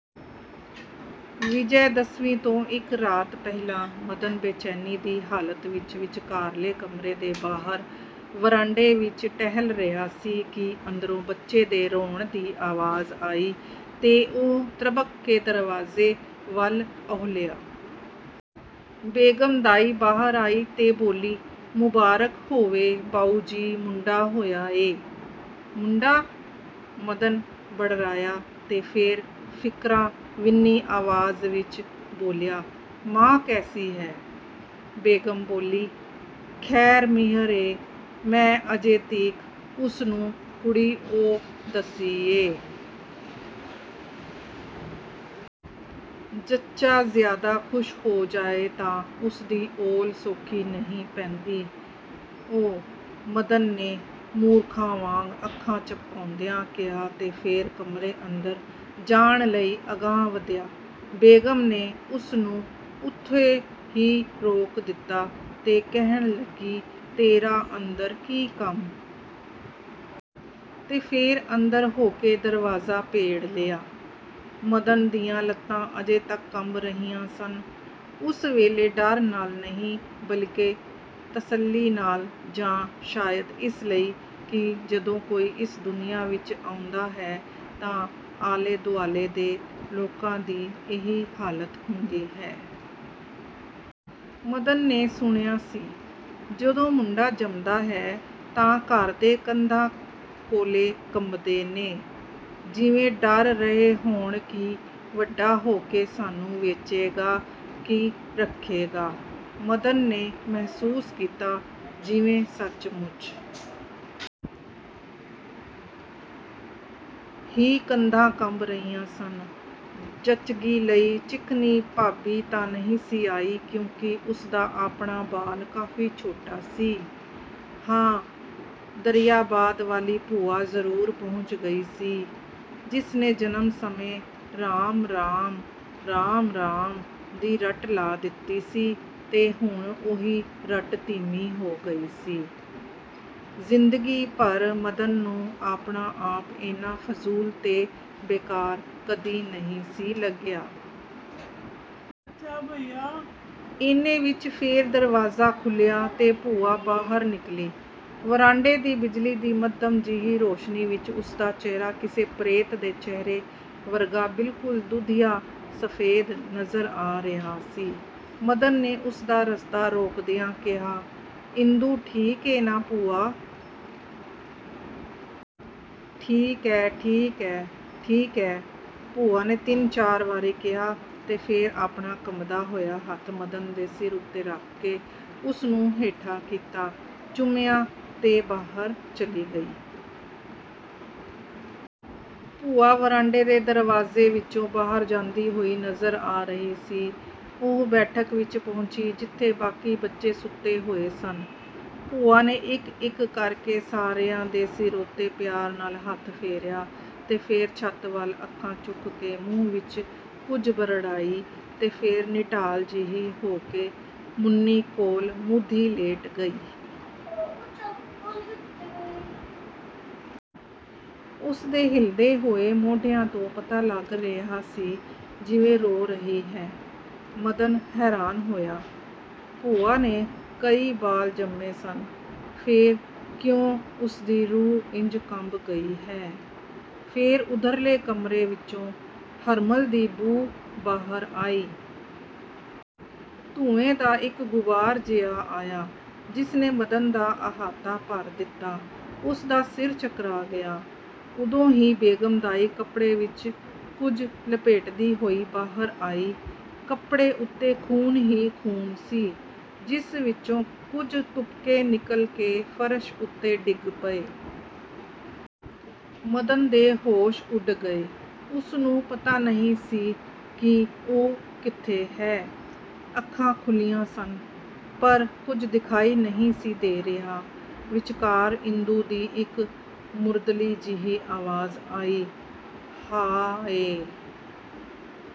' ਵਿਜੈ ਦਸਵੀਂ ਤੋਂ ਇਕ ਰਾਤ ਪਹਿਲਾਂ ਮਦਨ ਬੇਚੈਨੀ ਦੀ ਹਾਲਤ ਵਿਚ ਵਿਚਕਾਰਲੇ ਕਮਰੇ ਦੇ ਬਾਹਰ ਵਰਾਂਡੇ ਵਿਚ ਟਹਿਲ ਰਿਹਾ ਸੀ ਕਿ ਅੰਦਰੋਂ ਬੱਚੇ ਦੇ ਰੋਣ ਦੀ ਆਵਾਜ਼ ਆਈ ਤੇ ਉਹ ਤ੍ਰਬਕ ਕੇ ਦਰਵਾਜ਼ੇ ਵੱਲ ਅਹੁਲਿਆ। ਬੇਗਮ ਦਾਈ ਬਾਹਰ ਆਈ ਤੇ ਬੋਲੀ-"ਮੁਬਾਰਕ ਹੋਵੇ ਬਾਊਜੀ, ਮੁੰਡਾ ਹੋਇਆ ਏ। " "ਮੁੰਡਾ? " ਮਦਨ ਬੜਰਾਇਆ ਤੇ ਫੇਰ ਫਿਕਰਾਂ ਵਿੰਨ੍ਹੀ ਆਵਾਜ਼ ਵਿਚ ਬੋਲਿਆ-"ਮਾਂ ਕੈਸੀ ਹੈ? " ਬੇਗਮ ਬੋਲੀ-"ਖ਼ੈਰ ਮਿਹਰ ਏ, ਮੈਂ ਅਜੇ ਤੀਕ ਉਸਨੂੰ ਕੁੜੀ ਓ ਦੱਸੀ ਏ। ਜੱਚਾ ਜ਼ਿਆਦਾ ਖੁਸ਼ ਹੋ ਜਾਏ ਤਾਂ ਉਸਦੀ ਔਲ ਸੌਖੀ ਨਹੀਂ ਪੈਂਦੀ। " "ਓ… " ਮਦਨ ਨੇ ਮੂਰਖਾਂ ਵਾਂਗ ਅੱਖਾਂ ਝਪਕਾਉਂਦਿਆਂ ਕਿਹਾ ਤੇ ਫੇਰ ਕਮਰੇ ਅੰਦਰ ਜਾਣ ਲਈ ਅਗਾਂਹ ਵਧਿਆ। ਬੇਗਮ ਨੇ ਉਸਨੂੰ ਉੱਥੇ ਹੀ ਰੋਕ ਦਿਤਾ ਤੇ ਕਹਿਣ ਲੱਗੀ- "ਤੇਰਾ ਅੰਦਰ ਕੀ ਕੰਮ? " ਤੇ ਫੇਰ ਅੰਦਰ ਹੋ ਕੇ ਦਰਵਾਜ਼ਾ ਭੇੜ ਲਿਆ। ਮਦਨ ਦੀਆਂ ਲੱਤਾਂ ਅਜੇ ਤਕ ਕੰਬ ਰਹੀਆਂ ਸਨ। ਉਸ ਵੇਲੇ ਡਰ ਨਾਲ ਨਹੀਂ ਬਲਿਕੇ ਤਸੱਲੀ ਨਾਲ ਜਾਂ ਸ਼ਾਇਦ ਇਸ ਲਈ ਕਿ ਜਦੋਂ ਕੋਈ ਇਸ ਦੁਨੀਆਂ ਵਿਚ ਆਉਂਦਾ ਹੈ ਤਾਂ ਆਲੇ ਦੁਆਲੇ ਦੇ ਲੋਕਾਂ ਦੀ ਇਹੀ ਹਾਲਤ ਹੁੰਦੀ ਹੈ। ਮਦਨ ਨੇ ਸੁਣਿਆ ਸੀ, ਜਦੋਂ ਮੁੰਡਾ ਜੰਮਦਾ ਹੈ ਤਾਂ ਘਰ ਦੇ ਕੰਧਾਂ ਕੌਲੇ ਕੰਬਦੇ ਨੇ। ਜਿਵੇਂ ਡਰ ਰਹੇ ਹੋਣ ਕਿ ਵੱਡਾ ਹੋ ਕੇ ਸਾਨੂੰ ਵੇਚੇਗਾ ਕਿ ਰੱਖੇਗਾ। ਮਦਨ ਨੇ ਮਹਿਸੂਸ ਕੀਤਾ, ਜਿਵੇਂ ਸੱਚਮੁੱਚ ਹੀ ਕੰਧਾਂ ਕੰਬ ਰਹੀਆਂ ਸਨ… ਜੱਚਗੀ ਲਈ ਚਿਕਨੀ ਭਾਬੀ ਤਾਂ ਨਹੀਂ ਸੀ ਆਈ ਕਿਉਂਕਿ ਉਸਦਾ ਆਪਣਾ ਬਾਲ ਕਾਫੀ ਛੋਟਾ ਸੀ-ਹਾਂ, ਦਰਿਆਬਾਦ ਵਾਲੀ ਭੂਆ ਜ਼ਰੂਰ ਪਹੁੰਚ ਗਈ ਸੀ, ਜਿਸਨੇ ਜਨਮ ਸਮੇਂ 'ਰਾਮ–ਰਾਮ, ਰਾਮ–ਰਾਮ' ਦੀ ਰਟ ਲਾ ਦਿਤੀ ਸੀ ਤੇ ਹੁਣ ਉਹੀ ਰਟ ਧੀਮੀ ਹੋ ਗਈ ਸੀ… ਜ਼ਿੰਦਗੀ ਭਰ ਮਦਨ ਨੂੰ ਆਪਣਾ ਆਪ ਏਨਾ ਫਜ਼ੂਲ ਤੇ ਬੇਕਾਰ ਕਦੀ ਨਹੀਂ ਸੀ ਲੱਗਿਆ। ਏਨੇ ਵਿਚ ਫੇਰ ਦਰਵਾਜ਼ਾ ਖੁੱਲ੍ਹਿਆ ਤੇ ਭੂਆ ਬਾਹਰ ਨਿਕਲੀ। ਵਰਾਂਡੇ ਦੀ ਬਿਜਲੀ ਦੀ ਮੱਧਮ ਜਿਹੀ ਰੌਸ਼ਨੀ ਵਿਚ ਉਸਦਾ ਚਿਹਰਾ ਕਿਸੇ ਪ੍ਰੇਤ ਦੇ ਚਿਹਰੇ ਵਰਗਾ-ਬਿਲਕੁਲ ਦੁਧੀਆ–ਸਫ਼ੇਦ- ਨਜ਼ਰ ਆ ਰਿਹਾ ਸੀ। ਮਦਨ ਨੇ ਉਸਦਾ ਰਸਤਾ ਰੋਕਦਿਆਂ ਕਿਹਾ- "ਇੰਦੂ ਠੀਕ ਏ ਨਾ ਭੂਆ? " "ਠੀਕ ਐ, ਠੀਕ ਐ, ਠੀਕ ਐ… " ਭੂਆ ਨੇ ਤਿੰਨ ਚਾਰ ਵਾਰੀ ਕਿਹਾ ਤੇ ਫੇਰ ਆਪਣਾ ਕੰਬਦਾ ਹੋਇਆ ਹੱਥ ਮਦਨ ਦੇ ਸਿਰ ਉੱਤੇ ਰੱਖ ਕੇ ਉਸਨੂੰ ਹੇਠਾਂ ਕੀਤਾ, ਚੁੰਮਿਆਂ ਤੇ ਬਾਹਰ ਚਲੀ ਗਈ। ਭੂਆ ਵਰਾਂਡੇ ਦੇ ਦਰਵਾਜ਼ੇ ਵਿਚੋਂ ਬਾਹਰ ਜਾਂਦੀ ਹੋਈ ਨਜ਼ਰ ਆ ਰਹੀ ਸੀ। ਉਹ ਬੈਠਕ ਵਿਚ ਪਹੁੰਚੀ, ਜਿੱਥੇ ਬਾਕੀ ਬੱਚੇ ਸੁੱਤੇ ਹੋਏ ਸਨ। ਭੂਆ ਨੇ ਇਕ ਇਕ ਕਰਕੇ ਸਾਰਿਆਂ ਦੇ ਸਿਰ ਉੱਤੇ ਪਿਆਰ ਨਾਲ ਹੱਥ ਫੇਰਿਆ ਤੇ ਫੇਰ ਛੱਤ ਵੱਲ ਅੱਖਾਂ ਚੁੱਕ ਕੇ ਮੂੰਹ ਵਿਚ ਕੁਝ ਬਰੜਾਈ ਤੇ ਫੇਰ ਨਿਢਾਲ ਜਿਹੀ ਹੋ ਕੇ ਮੁੰਨੀ ਕੋਲ ਮੂਧੀ ਲੇਟ ਗਈ। ਉਸਦੇ ਹਿੱਲਦੇ ਹੋਏ ਮੋਢਿਆਂ ਤੋਂ ਪਤਾ ਲੱਗ ਰਿਹਾ ਸੀ ਜਿਵੇਂ ਰੋ ਰਹੀ ਹੈ। ਮਦਨ ਹੈਰਾਨ ਹੋਇਆ! ਭੂਆ ਨੇ ਕਈ ਬਾਲ ਜੰਮੇ ਸਨ ਫੇਰ ਕਿਉਂ ਉਸਦੀ ਰੂਹ ਇੰਜ ਕੰਬ ਗਈ ਹੈ…? ਫੇਰ ਉਧਰਲੇ ਕਮਰੇ ਵਿਚੋਂ ਹਰਮਲ ਦੀ ਬੂ ਬਾਹਰ ਆਈ। ਧੂੰਏ ਦਾ ਇਕ ਗੁਬਾਰ ਜਿਹਾ ਆਇਆ, ਜਿਸਨੇ ਮਦਨ ਦਾ ਅਹਾਤਾ ਭਰ ਦਿਤਾ। ਉਸਦਾ ਸਿਰ ਚਕਰਾ ਗਿਆ। ਉਦੋਂ ਹੀ ਬੇਗਮ ਦਾਈ ਕਪੜੇ ਵਿਚ ਕੁਝ ਲਪੇਟਦੀ ਹੋਈ ਬਾਹਰ ਆਈ। ਕਪੜੇ ਉੱਤੇ ਖ਼ੂਨ ਹੀ ਖ਼ੂਨ ਸੀ, ਜਿਸ ਵਿਚੋਂ ਕੁਝ ਤੁਪਕੇ ਨਿਕਲ ਕੇ ਫਰਸ਼ ਉੱਤੇ ਡਿੱਗ ਪਏ। ਮਦਨ ਦੇ ਹੋਸ਼ ਉੱਡ ਗਏ। ਉਸਨੂੰ ਪਤਾ ਨਹੀਂ ਸੀ ਕਿ ਉਹ ਕਿੱਥੇ ਹੈ! ਅੱਖਾਂ ਖੁੱਲ੍ਹੀਆਂ ਸਨ, ਪਰ ਕੁਝ ਦਿਖਾਈ ਨਹੀਂ ਸੀ ਦੇ ਰਿਹਾ। ਵਿਚਕਾਰ ਇੰਦੂ ਦੀ ਇਕ ਮੁਰਦਲੀ ਜਿਹੀ ਆਵਾਜ਼ ਆਈ-"ਹਾ–ਏ…